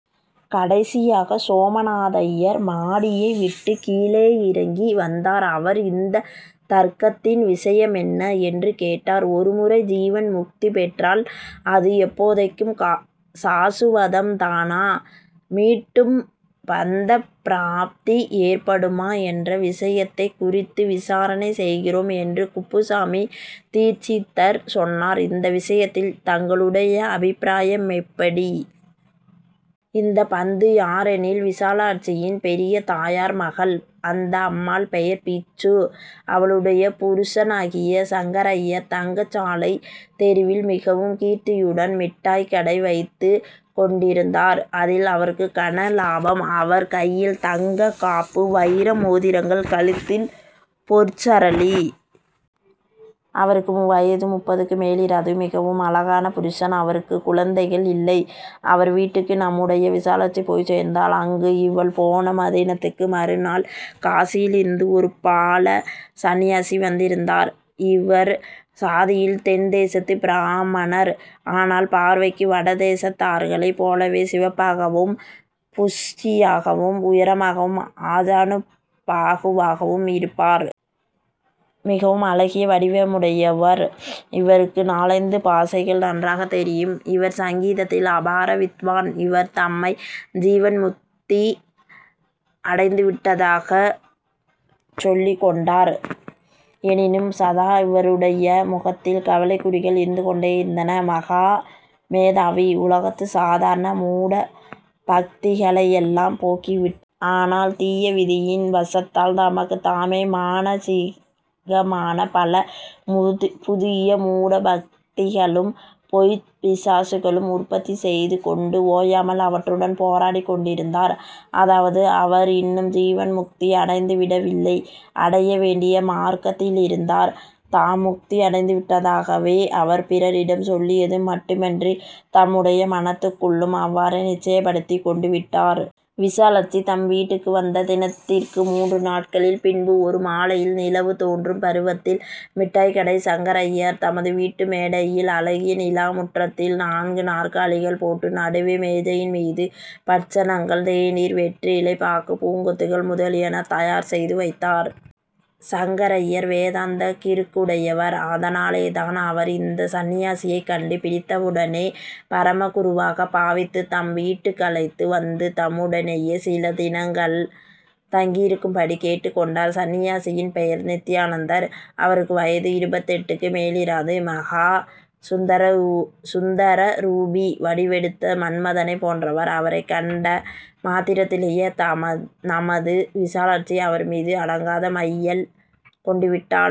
கடைசியாக சோமநாதய்யர் மாடியை விட்டுக் கீழேயிறங்கி வந்தார் அவர் இந்த தர்க்கத்தின் விஷயமென்ன? என்று கேட்டார் ஒருமுறை ஜீவன் முக்தி பெற்றால் அது எப்போதைக்கும் சாசுவதம்தானா? மீட்டும் பந்தப் ப்ராப்தி ஏற்படுமா என்ற விஷயத்தைக் குறித்து விசாரணை செய்கிறோம் என்று குப்புசாமி தீட்சிதர் சொன்னார். இந்த விஷயத்தில் தங்களுடைய அபிப்ராயமெப்படி? இந்த பந்து யாரெனில் விசாலாட்சியின் பெரிய தாயார் மகள் அந்த அம்மாள் பெயர் பிச்சு அவளுடைய புருஷனாகிய சங்கரய்யர் தங்கசாலைத் தெருவில் மிகவும் கீர்த்தியுடன் மிட்டாய்க் கடை வைத்துக் கொண்டிருந்தார் அதில் அவருக்குக் கன லாபம் அவர் கையில் தங்கக் காப்பு வயிர மோதிரங்கள் கழுத்தில் பொற்சரளி அவருக்கு வயது முப்பதுக்கு மேலிராது, மிகவும் அழகான புருஷன். அவருக்குக் குழந்தைகள் இல்லை. அவர் வீட்டுக்கு நம்முடைய விசாலாட்சி போய்ச் சேர்ந்தாள். அங்கு இவள் போன தினத்துக்கு மறுநாள் காசியிலிருந்து ஒரு பால சந்நியாசி வந்திருந்தார். இவர் ஜாதியில் தென்தேசத்துப் பிராமணர். ஆனால் பார்வைக்கு வட தேசத்தார்களைப் போலவே சிவப்பாகவும் புஷ்டியாகவும் உயரமாகவும் ஆஜானுபாகுவாகவும் இருப்பார். மிகவும் அழகிய வடிவமுடையவர். இவருக்கு நாலைந்து பாஷைகள் நன்றாகத் தெரியும். இவர் சங்கீதத்தில் அபார வித்வான் இவர் தம்மை ஜீவன் முக்தி அடைந்துவிட்டதாகச் சொல்லிக் கொண்டார். எனினும், சதா இவருடைய முகத்தில் கவலைக் குறிகள் இருந்து கொண்டேயிருந்தன. மகா மேதாவி. உலகத்து சாதாரண மூடபக்திகளையெல்லாம் போக்கிவிட்டார். ஆனால், தீய விதியின் வசத்தால் தமக்குத் தாமே மானசீகமான பல புதிய மூட பக்திகளும் பொய்ப் பிசாசுகளும் உற்பத்தி செய்து கொண்டு ஓயாமல் அவற்றுடன் போராடிக் கொண்டிருந்தார். அதாவது அவர் இன்னும் ஜீவன் முக்தி அடைந்துவிடவில்லை. அடைய வேண்டிய மார்க்கத்திலிருந்தார். தாம் முக்தி அடைந்துவிட்டதாகவே அவர் பிறரிடம் சொல்லியது மட்டுமன்றித் தம்முடைய மனத்துக்குள்ளும் அவ்வாறே நிச்சயப்படுத்திக் கொண்டுவிட்டார். விசாலாட்சி தம் வீட்டுக்கு வந்த தினத்திற்கு மூன்று நாட்களின் பின்பு ஒரு மாலையில் நிலவு தோன்றும் பருவத்தில் மிட்டாய்கடை சங்கரய்யர் தமது வீட்டு மேடையில் அழகிய நிலா முற்றத்தில் நான்கு நாற்காலிகள் போட்டு நடுவே மேஜையின் மீது பட்சணங்கள் தேநீர் வெற்றிலை பாக்கு பூங்கொத்துக்கள் முதலியன தயார் செய்து வைத்தார். சங்கரய்யர் வேதாந்தக் கிறுக்குடையவர். அதனாலேதான், அவர் இந்த சந்நியாசியைக் கண்டு பிடித்தவுடனே பரம குருவாக பாவித்துத் தம் வீட்டுக்கழைத்து வந்து தம்முடனேயே சில தினங்கள் தங்கியிருக்கும்படி கேட்டுக் கொண்டார். சந்நியாசியின் பெயர் நித்யானந்தர். அவருக்கு வயது இருபத்தெட்டுக்கு மேலிராது. மகா சுந்தரரூபி. வடிவெடுத்த மன்மதனைப் போன்றவர். அவரைக் கண்ட மாத்திரத்திலேயே நமது விசாலாட்சி அவர்மீது அடங்காத மையல் கொண்டுவிட்டாள்.